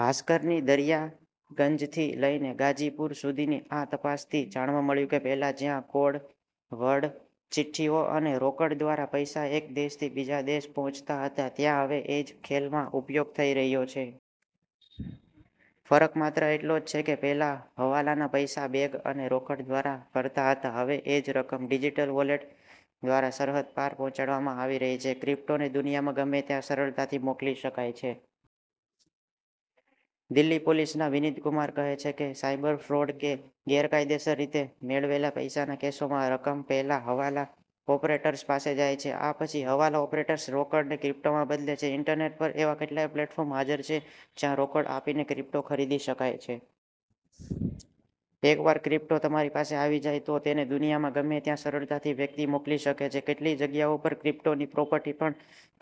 ભાસ્કરની દરિયાગંજથી લઈને ગાજીપુર સુધીની આ તપાસથી જાણવા મળ્યું કે, પહેલાં જ્યાં કોડ વર્ડ, ચિઠ્ઠીઓ અને રોકડ દ્વારા પૈસા એક દેશથી બીજા દેશ પહોંચતા હતા, ત્યાં હવે એ જ ખેલમાં ઉપયોગ થઈ રહ્યો છે. ફરક માત્ર એટલો જ છે કે પહેલાં હવાલાના પૈસા બેગ અને રોકડ દ્વારા ફરતા હતા, હવે એ જ રકમ ડિજિટલ વોલેટ દ્વારા સરહદ પાર પહોંચાડવામાં આવી રહી છે. ક્રિપ્ટોને દુનિયામાં ગમે ત્યાં સરળતાથી મોકલી શકાય છે. દિલ્હી પોલીસના વિનીત કુમાર કહે છે કે, "સાયબર ફ્રોડ કે ગેરકાયદેસર રીતે મેળવેલા પૈસાના કેસોમાં રકમ પહેલાં હવાલા ઓપરેટર્સ પાસે જાય છે. આ પછી હવાલા ઓપરેટર્સ રોકડને ક્રિપ્ટોમાં બદલે છે." ઇન્ટરનેટ પર એવા કેટલાય પ્લેટફોર્મ હાજર છે, જ્યાં રોકડ આપીને ક્રિપ્ટો ખરીદી શકાય છે. એકવાર ક્રિપ્ટો તમારી પાસે આવી જાય તો તેને દુનિયામાં ગમે ત્યાં સરળતાથી વ્યક્તિ મોકલી શકે છે. કેટલીય જગ્યાઓ પર ક્રિપ્ટોથી પ્રોપર્ટી પણ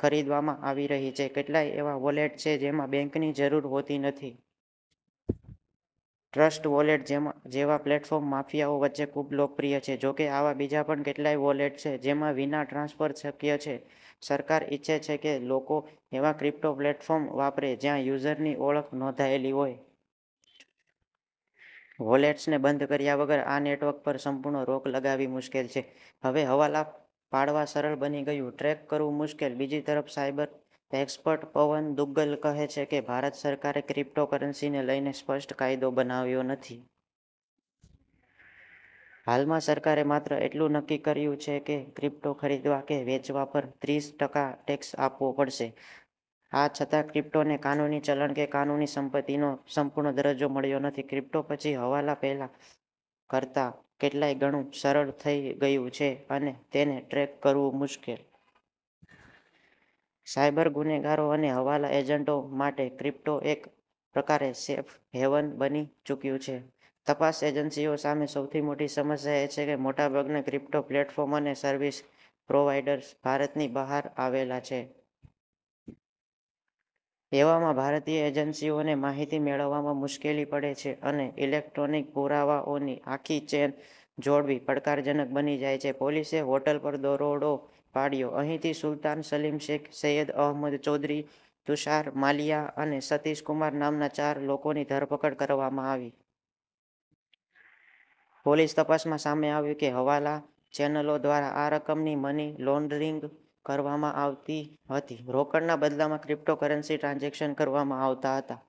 ખરીદવામાં આવી રહી છે. કેટલાય એવા વોલેટ છે, જેમાં બેંક ની જરૂર હોતી નથી. ટ્રસ્ટ વોલેટ જેવા પ્લેટફોર્મ માફિયાઓ વચ્ચે ખૂબ લોકપ્રિય છે. જોકે આવા બીજા પણ કેટલાય વોલેટ છે, જેમાં વિના ટ્રાન્સફર શક્ય છે. સરકાર ઈચ્છે છે કે, લોકો એવા ક્રિપ્ટો પ્લેટફોર્મ વાપરે જ્યાં યુઝરની ઓળખ નોંધાયેલી હોય. વોલેટ્સને બંધ કર્યા વગર આ નેટવર્ક પર સંપૂર્ણ રોક લગાવવી મુશ્કેલ છે. હવે હવાલા પાડવા સરળ બની ગયું, ટ્રેક કરવું મુશ્કેલ. બીજી તરફ, સાયબર એક્સપર્ટ પવન દુગ્ગલ કહે છે કે, "ભારત સરકારે ક્રિપ્ટોકરન્સીને લઈને સ્પષ્ટ કાયદો બનાવ્યો નથી. હાલમાં સરકારે માત્ર એટલું નક્કી કર્યું છે કે ક્રિપ્ટો ખરીદવા કે વેચવા પર ત્રીસ ટકા ટેક્સ આપવો પડશે. આ છતાં ક્રિપ્ટોને કાનૂની ચલણ કે કાનૂની સંપત્તિનો સંપૂર્ણ દરજ્જો મળ્યો નથી." ક્રિપ્ટો પછી હવાલા પહેલા કરતાં કેટલાય ગણું સરળ થઈ ગયું છે, અને તેને ટ્રેક કરવું મુશ્કેલ. સાયબર ગુનેગારો અને હવાલા એજન્ટો માટે ક્રિપ્ટો એક પ્રકારે 'સેફ હેવન' બની ચૂક્યું છે. તપાસ એજન્સીઓ સામે સૌથી મોટી સમસ્યા એ છે કે મોટાભાગના ક્રિપ્ટો પ્લેટફોર્મ અને સર્વિસ પ્રોવાઈડર્સ ભારતની બહાર આવેલા છે. એવામાં ભારતીય એજન્સીઓને માહિતી મેળવવામાં મુશ્કેલી પડે છે અને ઇલેક્ટ્રોનિક પુરાવાઓની આખી ચેન જોડવી પડકારજનક બની જાય છે. પોલીસે હોટલ પર દરોડો પાડ્યો. અહીંથી સુલ્તાન સલીમ શેખ, સૈયદ અહમદ ચૌધરી, તુષાર માલિયા અને સતીશ કુમાર નામના ચાર લોકોની ધરપકડ કરવામાં આવી. પોલીસ તપાસમાં સામે આવ્યું કે હવાલા ચેનલો દ્વારા આ રકમની મની લોન્ડરિંગ કરવામાં આવતી હતી. રોકડના બદલામાં ક્રિપ્ટોકરન્સી ટ્રાન્ઝેક્શન કરવામાં આવતા હતા.